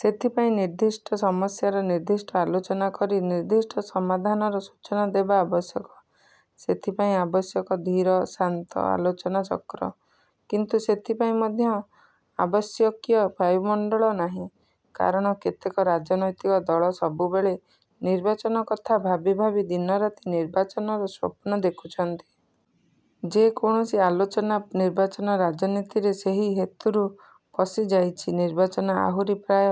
ସେଥିପାଇଁ ନିର୍ଦ୍ଦିଷ୍ଟ ସମସ୍ୟାର ନିର୍ଦ୍ଦିଷ୍ଟ ଆଲୋଚନା କରି ନିର୍ଦ୍ଦିଷ୍ଟ ସମାଧାନର ସୂଚନା ଦେବା ଆବଶ୍ୟକ। ସେଥିପାଇଁ ଆବଶ୍ୟକ ଧୀର, ଶାନ୍ତ ଆଲୋଚନା ଚକ୍ର। କିନ୍ତୁ ସେଥିପାଇଁ ମଧ୍ୟ ଆବଶ୍ୟକୀୟ ବାୟୁମଣ୍ଡଳ ନାହିଁ, କାରଣ କେତେକ ରାଜନୈତିକ ଦଳ ସବୁବେଳେ ନିର୍ବାଚନ କଥା ଭାବି ଭାବି ଦିନରାତି ନିର୍ବାଚନର ସ୍ୱପ୍ନ ଦେଖୁଛନ୍ତି। ଯେ କୌଣସି ଆଲୋଚନା ନିର୍ବାଚନ ରାଜନୀତିରେ ସେହି ହେତୁରୁ ପଶିଯାଇଛି। ନିର୍ବାଚନ ଆହୁରି ପ୍ରାୟ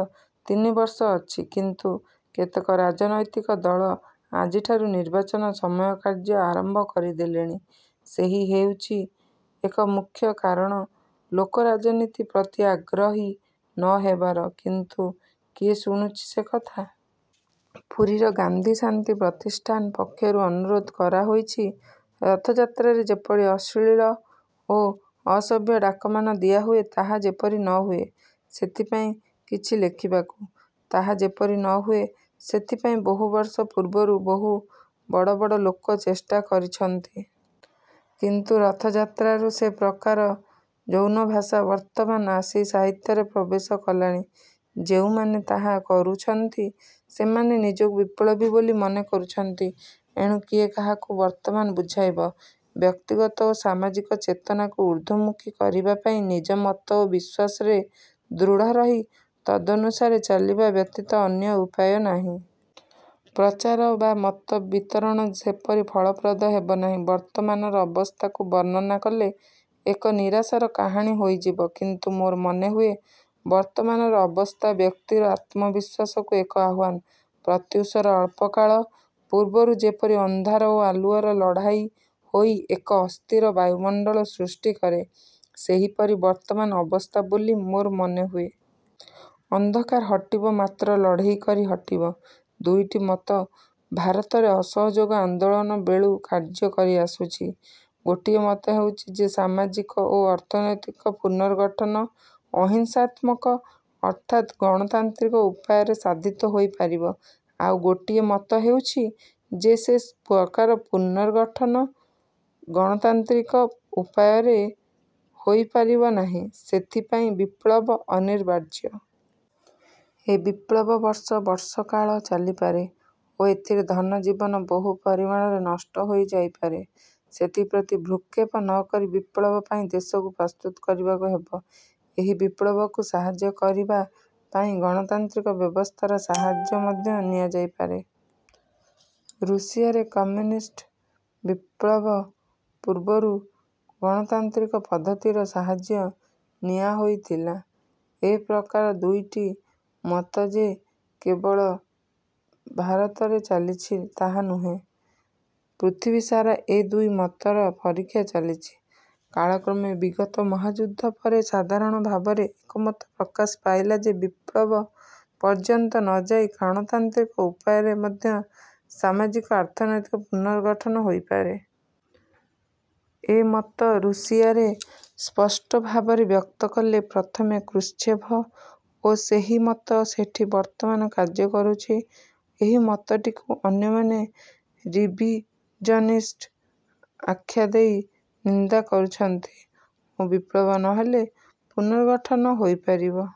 ତିନିବର୍ଷ ଅଛି। କିନ୍ତୁ କେତେକ ରାଜନୈତିକ ଦଳ ଆଜିଠାରୁ ନିର୍ବାଚନ ସମୟ କାର୍ଯ୍ୟ ଆରମ୍ଭ କରିଦେଲେଣି। ସେହି ହେଉଛି ଏକ ମୁଖ୍ୟ କାରଣ ଲୋକେ ରାଜନୀତି ପ୍ରତି ଆଗ୍ରହୀ ନ ହେବାର; କିନ୍ତୁ କିଏ ଶୁଣୁଛି ସେ କଥା? ପୁରୀର ଗାନ୍ଧୀ ଶାନ୍ତି ପ୍ରତିଷ୍ଠାନ ପକ୍ଷରୁ ଅନୁରୋଧ କରାହୋଇଛି, ରଥଯାତ୍ରାରେ ଯେପରି ଅଶ୍ଳୀଳ ଓ ଅସଭ୍ୟ ଡାକମାନ ଦିଆହୁଏ ତାହା ଯେପରି ନହୁଏ ସେଥିପାଇଁ କିଛି ଲେଖିବାକୁ। ତାହା ଯେପରି ନ ହୁଏ ସେଥିପାଇଁ ବହୁବର୍ଷ ପୂର୍ବରୁ ବହୁ ବଡ଼ ବଡ଼ ଲୋକ ଚେଷ୍ଟା କରିଛନ୍ତି। କିନ୍ତୁ ରଥଯାତ୍ରାରୁ ସେ ପ୍ରକାର ଯୌନଭାଷା ବର୍ତ୍ତମାନ ଆସି ସାହିତ୍ୟରେ ପ୍ରବେଶ କଲାଣି। ଯେଉଁମାନେ ତାହା କରୁଛନ୍ତି ସେମାନେ ନିଜକୁ ବିପ୍ଳବୀ ବୋଲି ମନେ କରୁଛନ୍ତି। ଏଣୁ କିଏ କାହାକୁ ବର୍ତ୍ତମାନ ବୁଝାଇବ? ବ୍ୟକ୍ତିଗତ ଓ ସାମାଜିକ ଚେତନାକୁ ଊର୍ଦ୍ଧ୍ୱମୁଖୀ କରିବାପାଇଁ ନିଜମତ ଓ ବିଶ୍ୱାସରେ ଦୃଢ଼ ରହି ତଦନୁସାରେ ଚାଲିବା ବ୍ୟତୀତ ଅନ୍ୟ ଉପାୟ ନାହିଁ। ପ୍ରଚାର ବା ମତ ବିତରଣ ସେପରି ଫଳପ୍ରଦ ହେବ ନାହିଁ। ବର୍ତ୍ତମାନର ଅବସ୍ଥାକୁ ବର୍ଣ୍ଣନା କଲେ ଏକ ନିରାଶାର କାହାଣୀ ହୋଇଯିବ। କିନ୍ତୁ ମୋର ମନେହୁଏ ବର୍ତ୍ତମାନର ଅବସ୍ଥା, ବ୍ୟକ୍ତିର ଆତ୍ମବିଶ୍ୱାସକୁ ଏକ ଆହ୍ୱାନ। ପ୍ରତ୍ୟୁଷର ଅଳ୍ପକାଳ ପୂର୍ବରୁ ଯେପରି ଅନ୍ଧାର ଓ ଆଲୁଅର ଲଢ଼ାଇ ହୋଇ ଏକ ଅସ୍ଥିର ବାୟୁମଣ୍ଡଳ ସୃଷ୍ଟି କରେ, ସେହିପରି ବର୍ତ୍ତମାନ ଅବସ୍ଥା ବୋଲି ମୋର ମନେ ହୁଏ। ଅନ୍ଧକାର ହଟିବ ମାତ୍ର ଲଢ଼େଇକରି ହଟିବ। ଦୁଇଟି ମତ ଭାରତରେ ଅସହଯୋଗ ଆନ୍ଦୋଳନ ବେଳୁ କାର୍ଯ୍ୟ କରିଆସୁଛି। ଗୋଟିଏ ମତ ହେଉଛି ଯେ ସାମାଜିକ ଓ ଅର୍ଥନୈତିକ ପୁନର୍ଗଠନ ଅହିଂସାତ୍ମକ ଅର୍ଥାତ୍ ଗଣତାନ୍ତ୍ରିକ ଉପାୟରେ ସାଧିତ ହୋଇ ପାରିବ। ଆଉ ଗୋଟିଏ ମତ ହେଉଛି ଯେ ସେ ପ୍ରକାର ପୁନର୍ଗଠନ ଗଣତାନ୍ତ୍ରିକ ଉପାୟରେ ହୋଇ ପାରିବ ନାହିଁ, ସେଥିପାଇଁ ବିପ୍ଳବ ଅନିବାର୍ଯ୍ୟ। ଏ ବିପ୍ଳବ ବର୍ଷ ବର୍ଷକାଳ ଚାଲିପାରେ ଓ ଏଥିରେ ଧନ ଜୀବନ ବହୁ ପରିମାଣରେ ନଷ୍ଟ ହୋଇ ଯାଇପାରେ। ସେଥିପ୍ରତି ଭ୍ରୂକ୍ଷେପ ନ କରି ବିପ୍ଳବ ପାଇଁ ଦେଶକୁ ପ୍ରସ୍ତୁତ କରିବାକୁ ହେବ। ଏହି ବିପ୍ଳବକୁ ସାହାଯ୍ୟ କରିବା ପାଇଁ ଗଣତାନ୍ତ୍ରିକ ବ୍ୟବସ୍ଥାର ସାହାଯ୍ୟ ମଧ୍ୟ ନିଆଯାଇ ପାରେ। ରୁଷିଆରେ କମ୍ୟୁନିଷ୍ଟ ବିପ୍ଳବ ପୂର୍ବରୁ ଗଣତାନ୍ତ୍ରିକ ପଦ୍ଧତିର ସାହାଯ୍ୟ ନିଆହୋଇଥିଲା। ଏ ପ୍ରକାର ଦୁଇଟି ମତ ଯେ କେବଳ ଭାରତରେ ଚାଲିଛି ତାହା ନୁହେଁ; ପୃଥିବୀ ସାରା ଏ ଦୁଇ ମତର ପରୀକ୍ଷା ଚାଲିଛି। କାଳକ୍ରମେ ବିଗତ ମହାଯୁଦ୍ଧ ପରେ ସାଧାରଣ ଭାବରେ ଏକମତ ପ୍ରକାଶ ପାଇଲା ଯେ ବିପ୍ଳବ ପର୍ଯ୍ୟନ୍ତ ନ ଯାଇ ଗଣତାନ୍ତ୍ରିକ ଉପାୟରେ ମଧ୍ୟ ସାମାଜିକ, ଅର୍ଥନୈତିକ ପୁନର୍ଗଠନ ହୋଇପାରେ। ଏ ମତ ରୁଷିଆରେ ସ୍ପଷ୍ଟ ଭାବରେ ବ୍ୟକ୍ତ କଲେ ପ୍ରଥମେ କୃଶ୍ଚେଭ ଓ ସେହି ମତ ସେଠି ବର୍ତ୍ତମାନ କାର୍ଯ୍ୟ କରୁଛି। ଏହି ମତଟିକୁ ଅନ୍ୟମାନେ 'ରିଭିଜନିଷ୍ଟ' ଆଖ୍ୟା ଦେଇ ନିନ୍ଦା କରୁଛନ୍ତି ଓ ବିପ୍ଳବ ନ ହେଲେ ପୁନର୍ଗଠନ ହୋଇପାରିବ